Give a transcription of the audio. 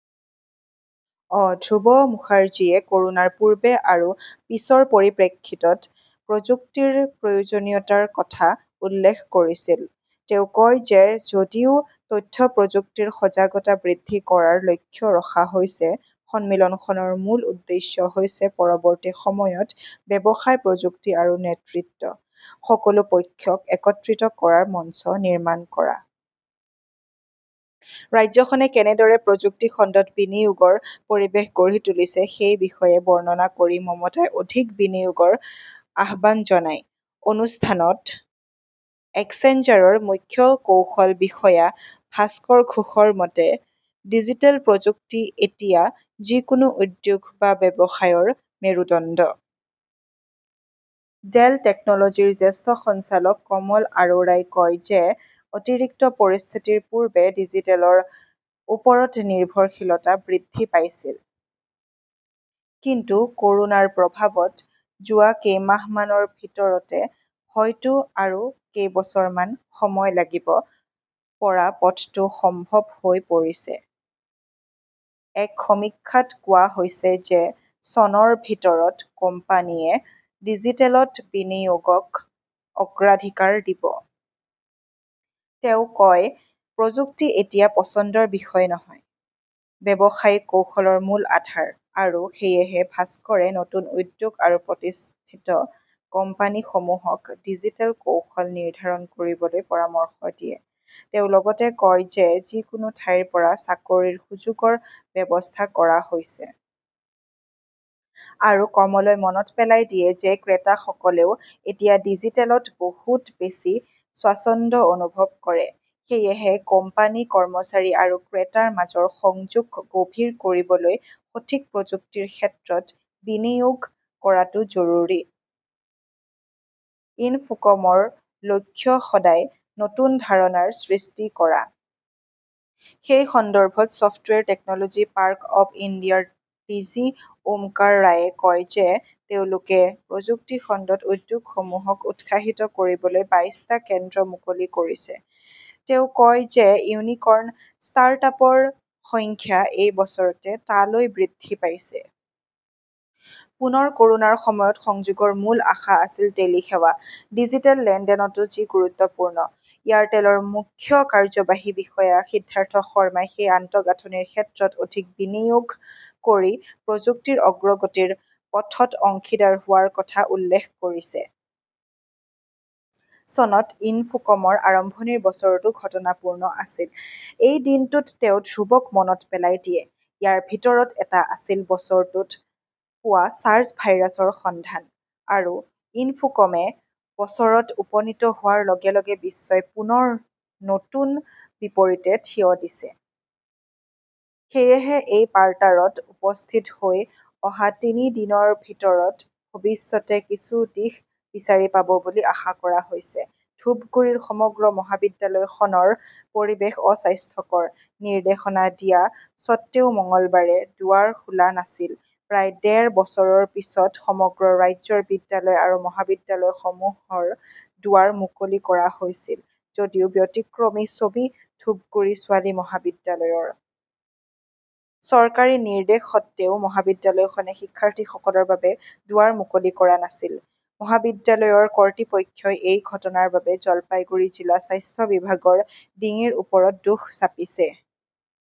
অ, ধ্ৰুৱ মুখাৰ্জীয়ে কৰোনাৰ পূৰ্বে আৰু পিছৰ পৰিপ্ৰেক্ষিতত প্ৰযুক্তিৰ প্ৰয়োজনীয়তাৰ কথা উল্লেখ কৰিছিল। তেওঁ কয় যে যদিও তথ্য প্ৰযুক্তিৰ সজাগতা বৃদ্ধি কৰাৰ লক্ষ্য ৰখা হৈছে, সন্মিলনখনৰ মূল উদ্দেশ্য হৈছে পৰৱৰ্তী সময়ত ব্যৱসায়, প্ৰযুক্তি আৰু নেতৃত্ব, সকলো পক্ষক একত্ৰিত কৰাৰ মঞ্চ নিৰ্মাণ কৰা। ৰাজ্যখনে কেনেদৰে প্ৰযুক্তি খণ্ডত বিনিয়োগৰ পৰিৱেশ গঢ়ি তুলিছে সেই বিষয়ে বৰ্ণনা কৰি মমতাই অধিক বিনিয়োগৰ আহ্বান জনায়। অনুষ্ঠানত এক্সেঞ্চাৰৰ মুখ্য কৌশল বিষয়া ভাস্কৰ ঘোষৰ মতে, ডিজিটেল প্ৰযুক্তি এতিয়া যিকোনো উদ্যোগ বা ব্যৱসায়ৰ মেৰুদণ্ড। ডেল টেকনলজিছৰ জ্যেষ্ঠ সঞ্চালক কমল আৰোৰাই কয় যে অতিৰিক্ত পৰিস্থিতিৰ পূৰ্বে ডিজিটেলৰ ওপৰত নিৰ্ভৰশীলতা বৃদ্ধি পাইছিল। কিন্তু কৰোনাৰ প্ৰভাৱত যোৱা কেইমাহমানৰ ভিতৰতে হয়তো আৰু কেইবছৰমান সময় লাগিব পৰা পথটো সম্ভৱ হৈ পৰিছে। এক সমীক্ষাত কোৱা হৈছে যে চনৰ ভিতৰত কোম্পানীয়ে ডিজিটেলত বিনিয়োগক অগ্ৰাধিকাৰ দিব। তেওঁ কয়, প্ৰযুক্তি এতিয়া পছন্দৰ বিষয় নহয়। ব্যৱসায়িক কৌশলৰ মূল আধাৰ। আৰু সেয়েহে ভাস্কৰে নতুন উদ্যোগ আৰু প্ৰতিষ্ঠিত কোম্পানীসমূহক ডিজিটেল কৌশল নিৰ্ধাৰণ কৰিবলৈ পৰামৰ্শ দিয়ে। তেওঁ লগতে কয় যে যিকোনো ঠাইৰ পৰা চাকৰিৰ সুযোগৰ ব্যৱস্থা কৰা হৈছে। আৰু কমলই মনত পেলাই দিয়ে যে ক্ৰেতাসকলেও এতিয়া ডিজিটেলত বহুত বেছি স্বাচ্ছন্দ্য অনুভৱ কৰে। সেয়েহে কোম্পানী, কৰ্মচাৰী আৰু ক্ৰেতাৰ মাজৰ সংযোগ গভীৰ কৰিবলৈ সঠিক প্ৰযুক্তিৰ ক্ষেত্ৰত বিনিয়োগ কৰাটো জৰুৰী। ইনফোকমৰ লক্ষ্য সদায় নতুন ধাৰণাৰ সৃষ্টি কৰা। সেই সন্দৰ্ভত ছফ্টৱেৰ টেকনলজি পাৰ্ক অৱ ইণ্ডিয়াৰ ডিজি ওমকাৰ ৰায়ে কয় যে তেওঁলোকে প্ৰযুক্তি খণ্ডত উদ্যোগসমূহক উৎসাহিত কৰিবলৈ বাইছ টা কেন্দ্ৰ মুকলি কৰিছে। তেওঁ কয় যে ইউনিকৰ্ণ ষ্টাৰ্ট-আপৰ সংখ্যা এই বছৰতে টালৈ বৃদ্ধি পাইছে। পুনৰ কৰোনাৰ সময়ত সংযোগৰ মূল আশা আছিল টেলি সেৱা। ডিজিটেল লেনদেনতো যি গুৰুত্বপূৰ্ণ। এয়াৰটেলৰ মুখ্য কাৰ্যবাহী বিষয়া সিদ্ধাৰ্থ শৰ্মাই সেই আন্তঃগাঁথনিৰ ক্ষেত্ৰত অধিক বিনিয়োগ কৰি প্ৰযুক্তিৰ অগ্ৰগতিৰ পথত অংশীদাৰ হোৱাৰ কথা উল্লেখ কৰিছে। চনত ইনফোকমৰ আৰম্ভণিৰ বছৰটো ঘটনাপূৰ্ণ আছিল, এই দিনটোত তেওঁ ধ্ৰুৱক মনত পেলাই দিয়ে। ইয়াৰ ভিতৰত এটা আছিল বছৰটোত পোৱা ছাৰ্চ ভাইৰাছৰ সন্ধান। আৰু ইনফোকমে বছৰত উপনীত হোৱাৰ লগে - লগে বিশ্বই পুনৰ নতুন বিপৰীতে থিয় দিছে। সেয়েহে এই পাৰ্টাৰত উপস্থিত হৈ অহা তিনি দিনৰ ভিতৰত ভৱিষ্যতে কিছু দিশ বিচাৰি পাব বুলি আশা কৰা হৈছে। ধূপগুড়ীৰ সমগ্ৰ মহাবিদ্যালয়খনৰ পৰিৱেশ অস্বাস্থ্যকৰ, নিৰ্দেশনা দিয়া স্বত্বেও মঙলবাৰে দুৱাৰ খোলা নাছিল প্ৰায় ডেৰ বছৰৰ পিছত সমগ্ৰ ৰাজ্যৰ বিদ্যালয় আৰু মহাবিদ্যালয়সমূহৰ দুৱাৰ মুকলি কৰা হৈছিল যদিও ব্যতিক্ৰমী ছবি ধূপগুৰি ছোৱালী মহাবিদ্যালয়ৰ। চৰকাৰী নিৰ্দেশ সত্বেও মহাবিদ্যালয়খনে শিক্ষাৰ্থীসকলৰ বাবে দুৱাৰ মুকলি কৰা নাছিল। মহাবিদ্যালয়ৰ কৰ্তৃপক্ষই এই ঘটনাৰ বাবে জলপাইগুৰি জিলা স্বাস্থ্য বিভাগৰ ডিঙিৰ ওপৰত দোষ চাপিছে।